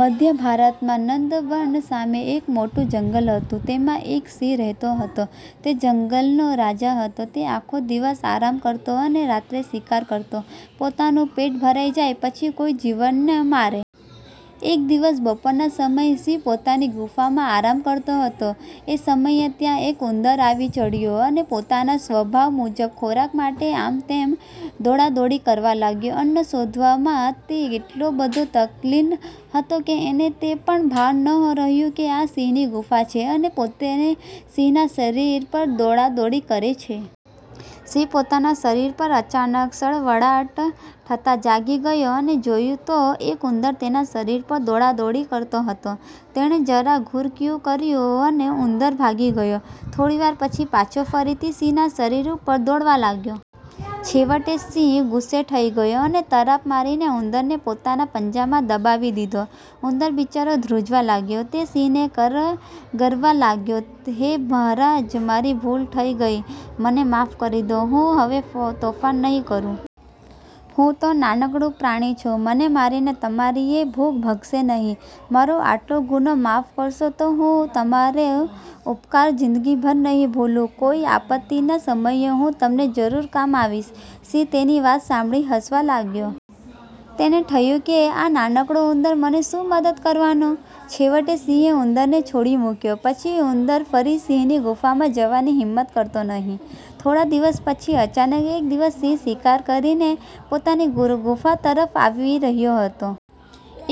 મધ્ય ભારતમાં નંદનવન સામે એક મોટું જંગલ હતું. તેમાં એક સિંહ રહેતો હતો. તે જંગલનો રાજા હતો. તે આખો દિવસ આરામ કરતો અને રાત્રે શિકાર કરતો. પોતાનું પેટ ભરાઈ જાય પછી કોઈ જીવનને મારે. એક દિવસ બપોરના સમયે સિંહ પોતાની ગુફામાં આરામ કરતો હતો. એ સમયે ત્યાં એક ઉંદર આવી ચઢ્યો અને પોતાના સ્વભાવ મુજબ ખોરાક માટે આમતેમ દોડાદોડી કરવા લાગ્યો. અન્ન શોધવામાં તે એટલો બધો તકલીન હતો કે એને તે પણ ભાન ન રહ્યું કે આ સિંહની ગુફા છે અને પોતે સિંહના શરીર પર દોડાદોડી કરે છે. સિંહ પોતાના શરીર પર અચાનક સળવળાટ થતાં જાગી ગયો અને જોયું તો એક ઉંદર તેના શરીર પર દોડાદોડી કરતો હતો. તેણે જરા ઘુરકિયું કર્યું, અને ઉંદર ભાગી ગયો. થોડીવાર પછી પાછો ફરીથી સિંહના શરીર ઉપર દોડવા લાગ્યો. છેવટે સિંહ ગુસ્સે ઠઈ ગયો અને તરાપ મારીને ઉંદરને પોતાના પંજામાં દબાવી દીધો. ઉંદર બિચારો ધ્રૂજવા લાગ્યો. તે સિંહને કરગરવા લાગ્યો " હે મહારાજ! મારી ભૂલ થઈ ગઈ, મને માફ કરી દો. હું હવે વ તોફાન નહિ કરું. હું તો નાનકડું પ્રાણી છું મને મારીને તમારીએ ભૂખ ભંગશે નહીં. મારો આટલો ગુનો માફ કરશો તો હું તમારે ઉપકાર જિંદગીભર નહિ ભૂલું. કોઈ આપત્તિના સમયે હું તમને જરૂર કામ આવીશ. " સિંહ તેની વાત સાંભળી હસવા લાગ્યો. તેને થયું કે, આ નાનકડો ઉંદર મને શું મદદ કરવાનો? છેવટે સિંહે ઉંદરને છોડી મૂક્યો. પછી ઉંદર ફરી સિંહની ગુફામાં જવાની હિંમત કરતો નહિ. થોડા દિવસ પછી અચાનક એક દિવસ સિંહ શિકાર કરીને પોતાની ગુર ગુફા તરફ આવી રહ્યો હતો.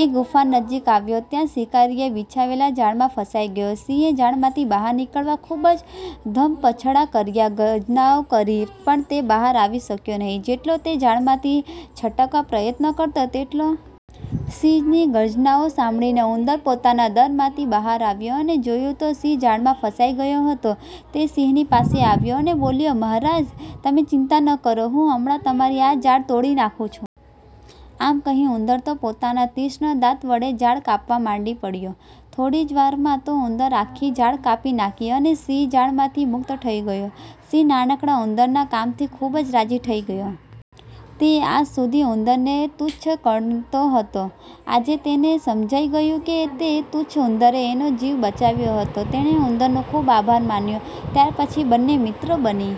એ ગુફા નજીક આવ્યો ત્યાં જ શિકારીએ બિછાવેલા જાળમાં ફસાઈ ગયો. સિંહે જાળમાંથી બહાર નીકળવા ખૂબ જ ધમપછાડા કરિયા, ગર્જનાઓ કરી, પણ તે બહાર આવી શક્યો નહિ. જેટલો તે જાળમાંથી છટકવા પ્રયત્ન કરતો તેટલો સિંહની ગર્જનાઓ સાંભળીને ઉંદર પોતાના દરમાંથી બહાર આવ્યો અને જોયું તો સિંહ જાળમાં ફસાઈ ગયો હતો. તે સિંહની પાસે આવ્યો અને બોલ્યો" મહારાજ! તમે ચિંતા ન કરો. હું હમણાં તમારી આ જાળ તોડી નાખું છું. " આમ કહી ઉંદર તો પોતાના તીક્ષ્ણ દાંત વડે જાળ કાપવા માંડી પડ્યો. થોડી જ વારમાં તો ઉંદરે આખી જાળ કાપી નાખી અને સિંહ જાળમાંથી મુક્ત થઈ ગયો. સિંહ નાનકડા ઉંદરના કામથી ખૂબ જ રાજી થઈ ગયો. તે આજ સુધી ઉંદરને તુચ્છ ગણતો હતો. આજે તેને સમજાઈ ગયું કે એ તુચ્છ ઉંદરે એનો જીવ બચાવ્યો હતો. તેણે ઉંદરનો ખૂબ આભાર માન્યો. ત્યાર પછી બંને મિત્રો બની